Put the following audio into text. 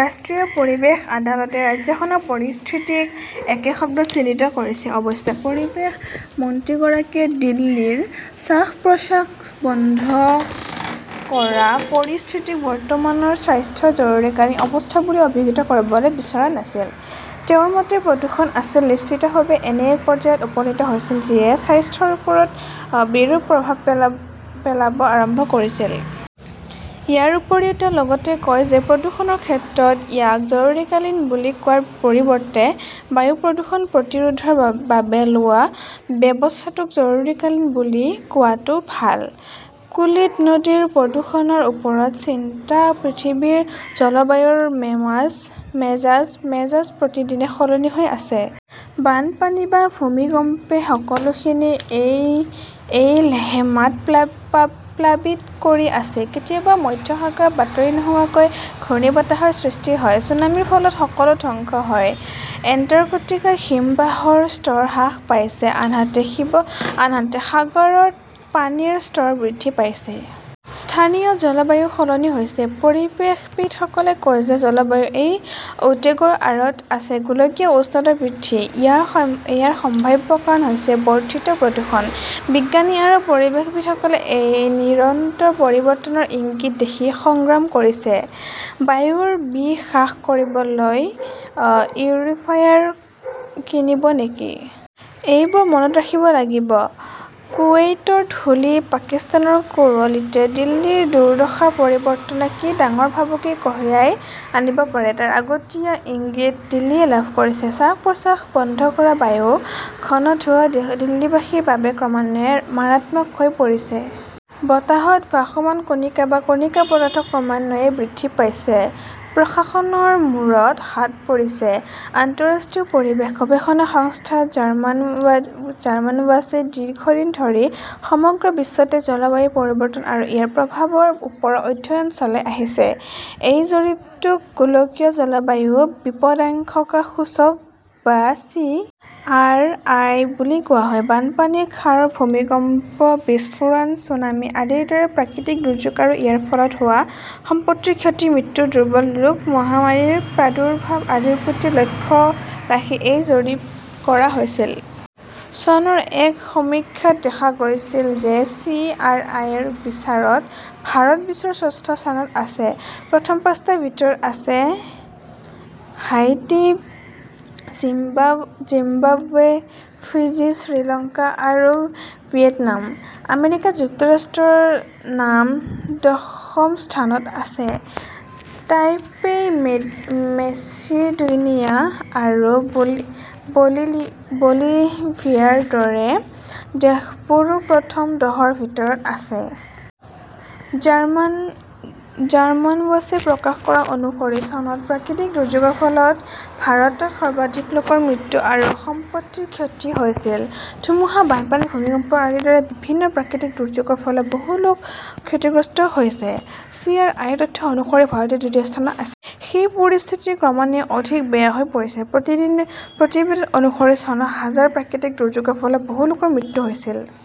ৰাষ্ট্ৰীয় পৰিৱেশ আদালতে ৰাজ্যখনৰ পৰিস্থিতিক একে শব্দত চিহ্নিত কৰিছে। অৱশ্যে, পৰিৱেশ মন্ত্ৰীগৰাকীয়ে দিল্লীৰ শ্বাস-প্ৰশ্বাস বন্ধ কৰা পৰিস্থিতিক বৰ্তমানৰ স্বাস্থ্য জৰুৰীকালীন অৱস্থা বুলি অভিহিত কৰিবলৈ বিচৰা নাছিল। তেওঁৰ মতে, প্ৰদূষণ আছিল, নিশ্চিতভাৱে এনে এক পৰ্যায়ত উপনীত হৈছিল যিয়ে স্বাস্থ্যৰ ওপৰত অ', বিৰূপ প্ৰভাৱ পেলাব আৰম্ভ কৰিছিল। ইয়াৰ উপৰিও, তেওঁ লগতে কয় যে প্ৰদূষণৰ ক্ষেত্ৰত ইয়াক জৰুৰীকালীন বুলি কোৱাৰ পৰিৱৰ্তে বায়ু প্ৰদূষণ প্ৰতিৰোধৰ বাব বাবে লোৱা ব্যৱস্থাটোক জৰুৰীকালীন বুলি কোৱাটো ভাল। কুলিক নদীৰ প্ৰদূষণৰ ওপৰত চিন্তা পৃথিৱীৰ জলবায়ুৰ মেজাজ, মেজাজ প্ৰতিদিনে সলনি হৈ আছে। বানপানী বা ভূমিকম্পে সকলোখিনি এই এই লেহেমাত প্লাবিত কৰি আছে। কেতিয়াবা মধ্য সাগৰত বাতৰি নোহোৱাকৈ ঘূৰ্ণীবতাহৰ সৃষ্টি হয়, ছুনামিৰ ফলত সকলো ধ্বংস হয়। এণ্টাৰ্কটিকাত হিমবাহৰ স্তৰ হ্ৰাস পাইছে, আনহাতে সাগৰত পানীৰ স্তৰ বৃদ্ধি পাইছে। স্থানীয় জলবায়ুও সলনি হৈছে। পৰিৱেশবিদসকলে কয় যে জলবায়ুৰ এই উদ্বেগৰ আঁৰত আছে গোলকীয় উষ্ণতা বৃদ্ধি। ইয়াৰ সম্ভাৱ্য কাৰণ হৈছে বৰ্ধিত প্ৰদূষণ। বিজ্ঞানী আৰু পৰিৱেশবিদসকলে এই নিৰন্তৰ পৰিৱৰ্তনৰ ইংগিত দেখি সংগ্ৰাম কৰিছে। বায়ুৰ বিষ হ্ৰাস কৰিবলৈ পিউৰিফায়াৰ কিনিব নেকি? এইবোৰ মনত ৰাখিব লাগিব, কুৱেইটৰ ধূলি, পাকিস্তানৰ কুঁৱলীতে দিল্লীৰ দুৰ্দশাৰ পৰিৱৰ্তনকে কি ডাঙৰ ভাবুকি কঢ়িয়াই আনিব পাৰে তাৰ আগতীয়া ইংগিত দিল্লীয়ে লাভ কৰিছে। শ্বাস-প্ৰশ্বাস বন্ধ কৰা বায়ু, ঘন ধোঁৱা দিল্লীবাসীৰ বাবে ক্ৰমান্বয়ে মাৰাত্মক হৈ পৰিছে। বতাহত ভাসমান কণিকা বা কণিকা পদাৰ্থ ক্ৰমান্বয়ে বৃদ্ধি পাইছে। প্ৰশাসনৰ মূৰত হাত পৰিছে। আন্তঃৰাষ্ট্ৰীয় পৰিৱেশ গৱেষণা সংস্থা জাৰ্মানৱাচে দীৰ্ঘদিন ধৰি সমগ্ৰ বিশ্বতে জলবায়ু পৰিৱৰ্তন আৰু ইয়াৰ প্ৰভাৱৰ ওপৰত অধ্যয়ন চলাই আহিছে। এই জৰীপটোক গোলকীয় জলবায়ু বিপদাশংকা সূচক বা চি. আৰ. আই. বুলি কোৱা হয়। বানপানী, ক্ষাৰ, ভূমিকম্প, বিস্ফোৰণ, ছুনামি আদিৰ দৰে প্ৰাকৃতিক দুৰ্যোগ আৰু ইয়াৰ ফলত হোৱা সম্পত্তিৰ ক্ষতি, মৃত্যু, দুৰ্বল ৰোগ, মহামাৰীৰ প্ৰাদুৰ্ভাৱ আদিৰ প্ৰতি লক্ষ্য ৰাখি এই জৰীপ কৰা হৈছিল। চনৰ এক সমীক্ষাত দেখা গৈছিল যে চি. আৰ. আই. ৰ বিচাৰত ভাৰত বিশ্বৰ ষষ্ঠ স্থানত আছে। প্ৰথম পাঁচটাৰ ভিতৰত আছে হাইতি, জিম্বাবৱে, ফিজি, শ্ৰীলংকা আৰু ভিয়েটনাম। আমেৰিকা যুক্তৰাষ্ট্ৰৰ নাম দশম স্থানত আছে। টাইপেই, মেচিডোনিয়া আৰু বলিভিয়াৰ দৰে দেশবোৰো প্ৰথম দহৰ ভিতৰত আছে। জাৰ্মানৱাচে প্ৰকাশ কৰা অনুসৰি, চনত প্ৰাকৃতিক দুৰ্যোগৰ ফলত ভাৰতত সৰ্বাধিক লোকৰ মৃত্যু আৰু সম্পত্তিৰ ক্ষতি হৈছিল। ধুমুহা, বানপানী, ভূমিকম্প আদিৰ দৰে বিভিন্ন প্ৰাকৃতিক দুৰ্যোগৰ ফলত বহু লোক ক্ষতিগ্ৰস্ত হৈছে। চি. আৰ. আই. ৰ তথ্য অনুসৰি ভাৰত দ্বিতীয় স্থানত আছিল। সেই পৰিস্থিতি ক্ৰমান্বয়ে অধিক বেয়া হৈ পৰিছে। প্ৰতিবেদন অনুসৰি, চনত হাজাৰ প্ৰাকৃতিক দুৰ্যোগৰ ফলত বহু লোকৰ মৃত্যু হৈছিল।